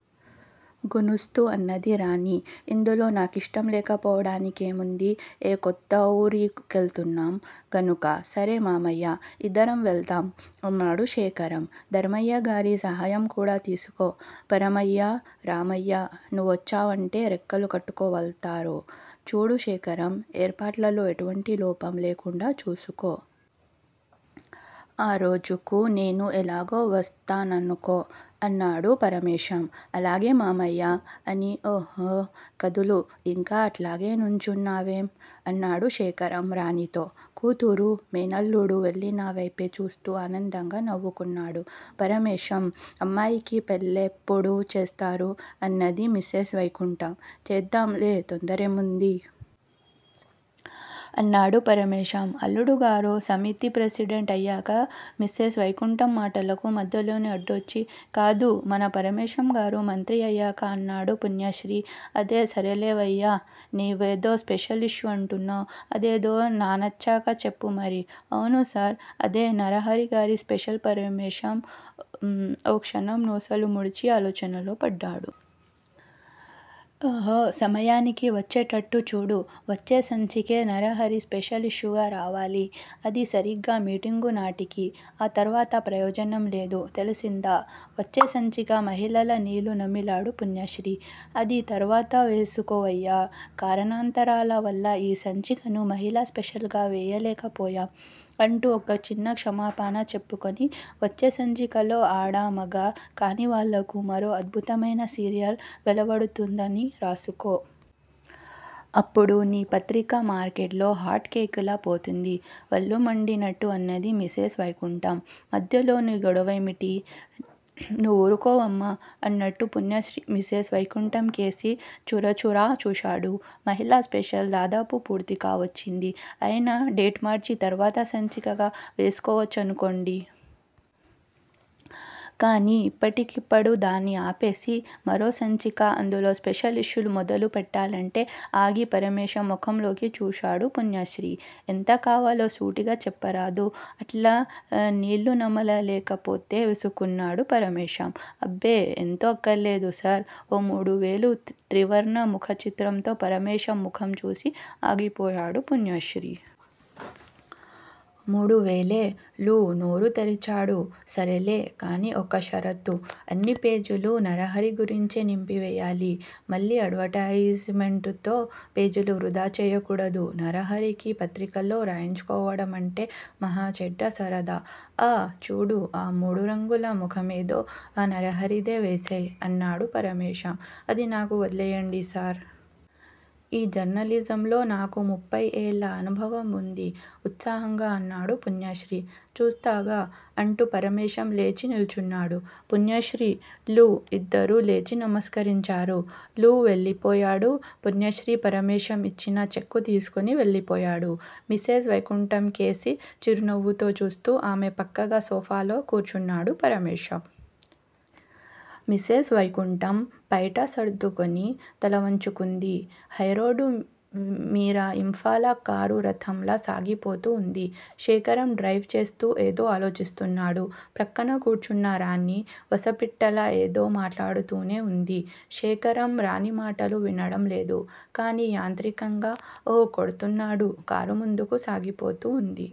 గుణుస్తూ అన్నది రాణి. ఇందులో నా కిష్టం లేకపోవడానికేముంది? ఏ కొత్త ఊరి కెళ్తున్నాం గనుక? సరే మామయ్యా! ఇద్దరం వెళ్తాం! అన్నాడు శేఖరం. ధర్మయ్యగారి సహాయంకూడా తీసుకో! పరమయ్యా, రామయ్యా నువ్వొచ్చావంటే రెక్కలు కట్టుకు వాల్తారు. చూడు శేఖరం! ఏర్పాట్లలో ఎటువంటి లోపం లేకుండా చూసుకో. ఆ రోజుకు నేను ఎలాగూ వస్తాననుకో! అన్నాడు పరమేశం. అలాగే మామయ్యా! అని ఊఁ కదులు! ఇంకా అట్లాగే నుంచున్నావేం? అన్నాడు శేఖరం రాణీతో. కూతురూ, మేనల్లుడూ వెళ్ళిన వైపే చూస్తూ ఆనందంగా నవ్వుకున్నాడు పరమేశం. అమ్మాయికి పెళ్ళెప్పుడు చేస్తారు? అన్నది మిసెస్ వైకుంఠం. చేద్దాంలే తొందరేముంది? అన్నాడు పరమేశం. అల్లుడుగారు సమితి ప్రెసిడెంటు అయ్యాక మిసెస్ వైకుంఠం మాటలకు మధ్యలోనే అడ్డొచ్చి కాదు, మన పరమేశంగారు మంత్రి అయ్యాక అన్నాడు పుణ్యశ్రీ. అది సరేలేవయ్యా! నువ్వేదో స్పెషల్ ఇష్యూ అంటున్నావ్? అదేదో నాన్చక చెప్పు మరీ! అవునుసార్! అదే నరహరిగారి స్పెషల్ పరమేశం ఓ క్షణం నొసలు ముడిచి ఆలోచనలో పడ్డాడు. ఊఁ సమయానికి వచ్చేటట్టు చూడు. వచ్చే సంచికే నరహరి స్పెషల్ ఇష్యూగా రావాలి. అదీ సరిగ్గా మీటింగునాటికి. ఆ తర్వాత ప్రయోజనంలేదు. తెలిసిందా? వచ్చే సంచిక మహిళల నీళ్ళు నమిలాడు పుణ్యశ్రీ. అది తర్వాత వేసుకోవయ్యా! కారణాంతరాలవల్ల ఈ సంచికను మహిళా స్పెషల్ గా వెయ్యలేకపోయాం అంటూ చిన్న క్షమాపణ చెప్పుకొని, వచ్చే సంచికలో ఆడా, మగా కానివాళ్ళకు మరో అద్భుతమైన సీరియల్ వెలువడుతుందని రాసుకో. అప్పుడు నీ పత్రిక మార్కెట్ లో హాట్ కేక్ లా పోతుంది వళ్ళు మండినట్టు అన్నది మిసెస్ వైకుంఠం. మధ్యలో నీ గొడవేమిటి! నువ్వూరుకోవమ్మా అన్నట్టు పుణ్యశ్రీ మిసెస్ వైకుంఠంకేసి చురచురా చూశాడు. మహిళా స్పెషల్ దాదాపు పూర్తి కావచ్చింది. అయినా డేట్ మార్చి తర్వాత సంచికగా వేసుకోవచ్చుననుకోండి! కానీ ఇప్పటికిప్పుడు దాన్ని ఆపేసి, మరోసంచిక, అందులో స్పెషల్ ఇష్యూ మొదలు పెట్టాలంటే ఆగి పరమేశం ముఖంలోకి చూశాడు పుణ్యశ్రీ. ఎంత కావాలో సూటిగా చెప్పరాదూ, అట్లా నీళ్ళునమలకపోతే? విసుక్కున్నాడు పరమేశం. అబ్బే ఎంతో అక్కర్లేదుసార్! ఓ మూడు వేలు త్రివర్ణ ముఖ చిత్రంతో పరమేశం ముఖం చూసి ఆగిపోయాడు పుణ్యశ్రీ. మూడువేలే? లూ నోరుతెరిచాడు. సరేలే! కాని ఒక్క షరతు. అన్ని పేజీలూ నరహరిగురించే నింపివెయ్యాలి. మళ్ళీ అడ్వర్టయిజ్ మెంట్సుతో పేజీలు వృధాచెయ్యకూడదు. నరహరికి పత్రికలో రాయించుకోవడమంటే మహా చెడ్డ సరదా! ఆఁ! చూడూ! ఆ మూడురంగుల ముఖమేదో ఆ నరహరిదే వేసేయ్! అన్నాడు పరమేశం. అదినాకు వదిలేయండి సార్! ఈ జర్నలిజంలో నాకు ముప్పై ఏళ్ళ అనుభవం వుంది ఉత్సాహంగా అన్నాడు పుణ్యశ్రీ. చూస్తాగా! అంటూ పరమేశం లేచి నిల్చున్నాడు. పుణ్యశ్రీ, లూ ఇద్దరూ లేచి నమస్కరించారు. లూ వెళ్ళిపోయాడు. పుణ్యశ్రీ, పరమేశం ఇచ్చిన చెక్కు తీసుకుని వెళ్లిపోయాడు. మిసెస్ వైకుంఠంకేసి చిరునవ్వుతో చూస్తూ ఆమె పక్కగా సోఫాలో కూర్చున్నాడు పరమేశం. మిసెస్ వైకుంఠం పైట సర్దుకుని తలవంచుకుంది. హైరోడ్డుమీర ఇంఫాలా కారు రధంలా సాగిపోతూవుంది. శేఖరం డ్రైవ్ చేస్తూ ఏదో ఆలోచిస్తున్నాడు. ప్రక్కన కూర్చున్న రాణి వసపిట్టలా ఏదో మాట్లాడుతూనే వుంది. శేఖరం రాణి మాటలు వినడంలేదు. కాని యాంత్రికంగా ఊఁ కొడుతున్నాడు. కారు ముందుకు సాగిపోతూవుంది.